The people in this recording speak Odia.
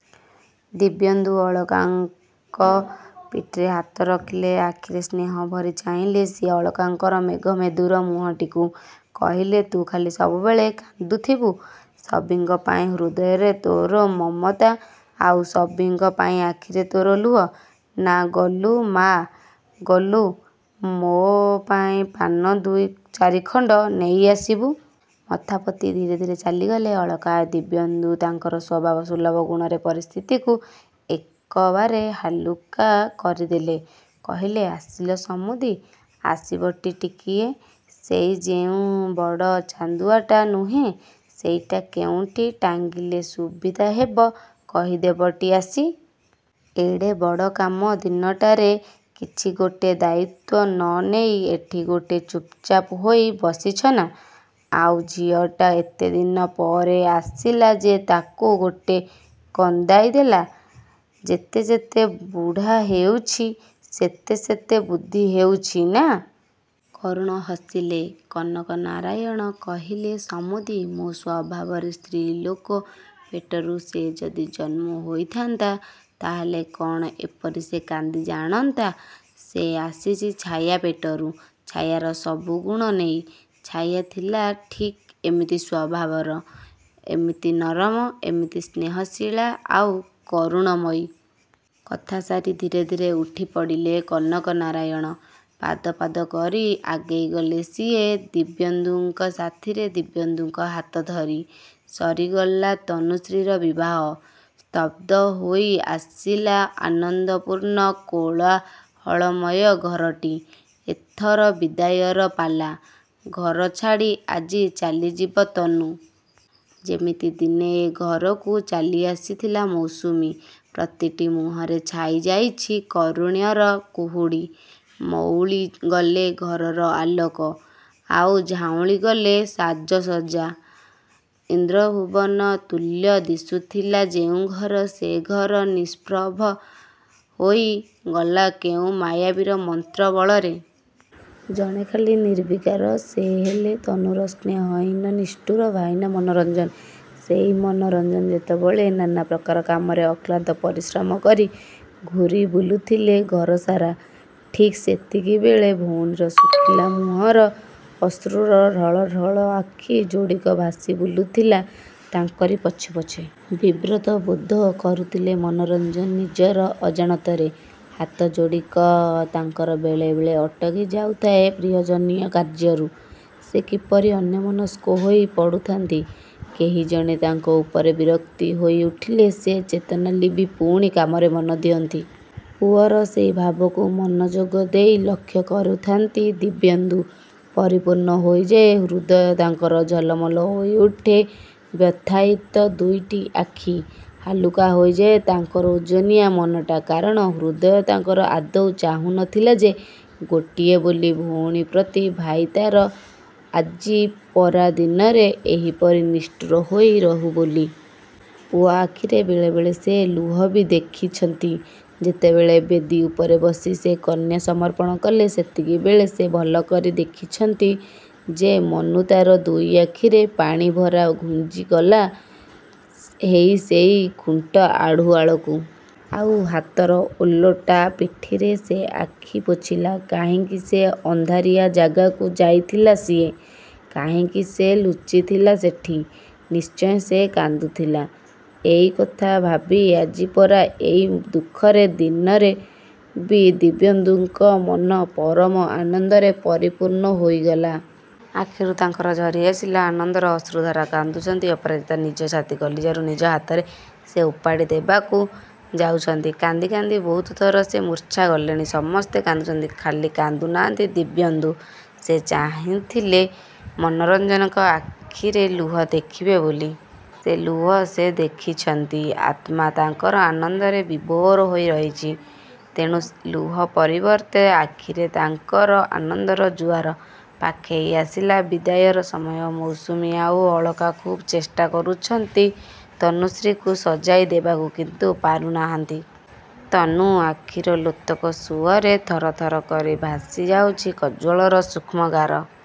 ଦିବ୍ୟେନ୍ଦୁ ଅଳକାଙ୍କ ପିଠିରେ ହାତ ରଖିଲେ। ଆଖିରେ ସ୍ନେହ ଭରି ଚାହିଁଲେ ସିଏ ଅଳକାଙ୍କର ମେଘ ମେଦୁର ମୁହଁଟିକୁ। କହିଲେ ତୁ ଖାଲି ସବୁବେଳେ କାନ୍ଦୁଥିବୁ? ସଭିଙ୍କ ପାଇଁ ହୃଦୟରେ ତୋର ମମତା, ଆଉ ସଭିଙ୍କ ପାଇଁ ଆଖିରେ ତୋର ଲୁହ। ନା, ଗଲୁ ମା', ଗଲୁ, ମୋ ପାଇଁ ପାନ ଦୁଇ ଚାରିଖଣ୍ଡ ନେଇ ଆସିବୁ। ମଥା ପୋତି ଧୀରେ ଧୀରେ ଚାଲିଗଲେ ଅଳକା। ଦିବ୍ୟେନ୍ଦୁ ତାଙ୍କର ସ୍ୱଭାବ ସୁଲଭ ଗୁଣରେ ପରିସ୍ଥିତିକୁ ଏକବାରେ ହାଲୁକା କରି ଦେଲେ। କହିଲେ ଆସିଲ ସମୁଦି, ଆସିବଟି ଟିକିଏ। ସେଇ ଯେଉଁ ବଡ଼ ଚାନ୍ଦୁଆଟା ନୁହେଁ ସେଇଟା କେଉଁଠି ଟାଙ୍ଗିଲେ ସୁବିଧା ହେବ କହିଦେବଟି ଆସି। ଏଡ଼େ ବଡ଼ କାମ ଦିନଟାରେ କିଛି ଗୋଟେ ଦାୟିତ୍ୱ ନ ନେଇ ଏଠି ଗୋଟେ ଚୁପ୍‌ଚାପ୍ ହୋଇ ବସିଛନା? ଆଉ ଝିଅଟା ଏତେଦିନ ପରେ ଆସିଲା ଯେ ତାକୁ ଗୋଟେ କନ୍ଦାଇ ଦେଲା। ଯେତେ ଯେତେ ବୁଢ଼ା ହେଉଛି ସେତେ ସେତେ ବୁଦ୍ଧି ହେଉଛି, ନା? କରୁଣ ହସିଲେ କନକନାରାୟଣ। କହିଲେ ସମୁଦି, ମୋ ସ୍ୱଭାବର ସ୍ତ୍ରୀଲୋକ ପେଟରୁ ସେ ଯଦି ଜନ୍ମ ହୋଇଥାନ୍ତା, ତାହେଲେ କ'ଣ ଏପରି ସେ କାନ୍ଦି ଜାଣନ୍ତା? ସେ ଆସିଛି ଛାୟା ପେଟରୁ। ଛାୟାର ସବୁ ଗୁଣ ନେଇ। ଛାୟା ଥିଲା ଠିକ୍ ଏମିତି ସ୍ୱଭାବର। ଏମିତି ନରମ, ଏମିତି ସ୍ନେହଶୀଳା, ଆଉ କରୁଣମୟୀ। କଥା ସାରି ଧୀରେ ଧୀରେ ଉଠି ପଡ଼ିଲେ କନକନାରାୟଣ। ପାଦ ପାଦ କରି ଆଗେଇ ଗଲେ ସିଏ ଦିବ୍ୟେନ୍ଦୁଙ୍କ ସାଥିରେ ଦିବ୍ୟେନ୍ଦୁଙ୍କ ହାତ ଧରି। ସରିଗଲା ତନୁଶ୍ରୀର ବିବାହ। ସ୍ତବ୍ଧ ହୋଇ ଆସିଲା ଆନନ୍ଦପୂର୍ଣ୍ଣ କୋଳାହଳମୟ ଘରଟି। ଏଥର ବିଦାୟର ପାଲା। ଘର ଛାଡ଼ି ଆଜି ଚାଲିଯିବ ତନୁ। ଯେମିତି ଦିନେ ଏ ଘରକୁ ଚାଲି ଆସିଥିଲା ମୌସୁମୀ। ପ୍ରତିଟି ମୁହଁରେ ଛାଇ ଯାଇଛି କାରୁଣ୍ୟର କୁହୁଡ଼ି। ମଉଳି ଗଲେ ଘରର ଆଲୋକ, ଆଉ ଝାଉଁଳି ଗଲେ ସାଜସଜ୍ଜା। ଇନ୍ଦ୍ରଭୁବନ ତୁଲ୍ୟ ଦିଶୁଥିଲା ଯେଉଁ ଘର, ସେ ଘର ନିଷ୍ପ୍ରଭ ହୋଇ ଗଲା କେଉଁ ମାୟାବୀର ମନ୍ତ୍ର ବଳରେ। ଜଣେ ଖାଲି ନିର୍ବିକାର। ସେ ହେଲେ ତନୁର ସ୍ନେହହୀନ, ନିଷ୍ଠୁର ଭାଇନା ମନୋରଞ୍ଜନ। ସେଇ ମନୋରଞ୍ଜନ ଯେତେବେଳେ ନାନା ପ୍ରକାର କାମରେ ଅକ୍ଳାନ୍ତ ପରିଶ୍ରମ କରି ଘୂରି ବୁଲୁଥିଲେ ଘର ସାରା, ଠିକ୍ ସେତିକିବେଳେ ଭଉଣୀର ଶୁଖିଲା ମୁହଁର ଅଶ୍ରୁ ଢଳ ଢଳ ଆଖି ଯୋଡ଼ିକ ଭାସି ବୁଲୁଥିଲା ତାଙ୍କରି ପଛେ ପଛେ। ବିବ୍ରତ ବୋଧ କରୁଥିଲେ ମନୋରଞ୍ଜନ ନିଜର ଅଜାଣତରେ। ହାତ ଯୋଡ଼ିକ ତାଙ୍କର ବେଳେ ବେଳେ ଅଟକି ଯାଉଥାଏ ପ୍ରୟୋଜନୀୟ କାର୍ଯ୍ୟରୁ। ସେ କିପରି ଅନ୍ୟମନସ୍କ ହୋଇ ପଡ଼ୁଥାନ୍ତି। କେହି ଜଣେ ତାଙ୍କ ଉପରେ ବିରକ୍ତି ହୋଇ ଉଠିଲେ ସେ ଚେତନା ଲିଭି ପୁଣି କାମରେ ମନ ଦିଅନ୍ତି। ପୁଅର ସେଇ ଭାବକୁ ମନଯୋଗ ଦେଇ ଲକ୍ଷ୍ୟ କରୁଥାନ୍ତି ଦିବ୍ୟେନ୍ଦୁ। ପରିପୂର୍ଣ୍ଣ ହୋଇଯାଏ ହୃଦୟ ତାଙ୍କର। ଝଲମଲ ହୋଇ ଉଠେ ବ୍ୟଥାୟୀତ ଦୁଇଟି ଆଖି। ହାଲୁକା ହୋଇଯାଏ ତାଙ୍କର ଓଜନିଆ ମନଟା। କାରଣ, ହୃଦୟ ତାଙ୍କର ଆଦୌ ଚାହୁଁ ନଥିଲା ଯେ ଗୋଟିଏ ବୋଲି ଭଉଣୀ ପ୍ରତି ଭାଇ ତା'ର ଆଜି ପରା ଦିନରେ ଏହିପରି ନିଷ୍ଠୁର ହୋଇ ରହୁ ବୋଲି। ପୁଅ ଆଖିରେ ବେଳେ ବେଳେ ସେ ଲୁହ ବି ଦେଖିଛନ୍ତି। ଯେତେବେଳେ ବେଦୀ ଉପରେ ବସି ସେ କନ୍ୟା ସମର୍ପଣ କଲେ, ସେତିକିବେଳେ ସେ ଭଲ କରି ଦେଖିଛନ୍ତି ଯେ, ମନୁ ତା'ର ଦୁଇ ଆଖିରେ ପାଣି ଭରି ଘୁଞ୍ଜି ଗଲା ହେଇ ସେ ଖୁଣ୍ଟ ଆଢ଼ୁଆଳକୁ। ଆଉ ହାତର ଓଲଟା ପିଠିରେ ସେ ଆଖି ପୋଛିଲା। କାହିଁକି ସେ ଅନ୍ଧାରିଆ ଜାଗାକୁ ଯାଇଥିଲା ସିଏ। କାହିଁକି ସେ ଲୁଚିଥିଲା ସେଠି। ନିଶ୍ଚୟ ସେ କାନ୍ଦୁଥିଲା। ଏଇ କଥା ଭାବି ଆଜି ପରା ଏଇ ଦୁଃଖରେ ଦିନରେ ବି ଦିବ୍ୟେନ୍ଦୁଙ୍କ ମନ ପରମ ଆନନ୍ଦରେ ପରିପୂର୍ଣ୍ଣ ହୋଇ ଗଲା। ଆଖିରୁ ତାଙ୍କର ଝରି ଆସିଲା ଆନନ୍ଦର ଅଶ୍ରୁଧାରା। କାନ୍ଦୁଛନ୍ତି ଅପରାଜିତା। ନିଜ ଛାତି କଲିଜାରୁ ନିଜ ହାତରେ ସେ ଓପାଡ଼ି ଦେବାକୁ ଯାଉଛନ୍ତି। କାନ୍ଦି କାନ୍ଦି ବହୁତ ଥର ସେ ମୂର୍ଚ୍ଛା ଗଲେଣି। ସମସ୍ତେ କାନ୍ଦୁଛନ୍ତି। ଖାଲି କାନ୍ଦୁ ନାହାନ୍ତି ଦିବ୍ୟେନ୍ଦୁ। ସେ ଚାହିଁଥିଲେ ମନୋରଞ୍ଜନଙ୍କ ଆଖିରେ ଲୁହ ଦେଖିବେ ବୋଲି। ସେ ଲୁହ ସେ ଦେଖିଛନ୍ତି। ଆତ୍ମା ତାଙ୍କର ଆନନ୍ଦରେ ବିଭୋର ହୋଇ ରହିଛି। ତେଣୁ ଲୁହ ପରିବର୍ତ୍ତେ ଆଖିରେ ତାଙ୍କର ଆନନ୍ଦର ଜୁଆର। ପାଖେଇ ଆସିଲା ବିଦାୟର ସମୟ। ମୌସୁମୀ ଆଉ ଅଳକା ଖୁବ୍ ଚେଷ୍ଟା କରୁଛନ୍ତି ତନୁଶ୍ରୀକୁ ସଜାଇ ଦେବାକୁ। କିନ୍ତୁ ପାରୁ ନାହାନ୍ତି। ତନୁ ଆଖିର ଲୋତକ ସୁଅରେ ଥର ଥର କରି ଭାସି ଯାଉଛି କଜ୍ଜଳର ସୂକ୍ଷ୍ମଗାର।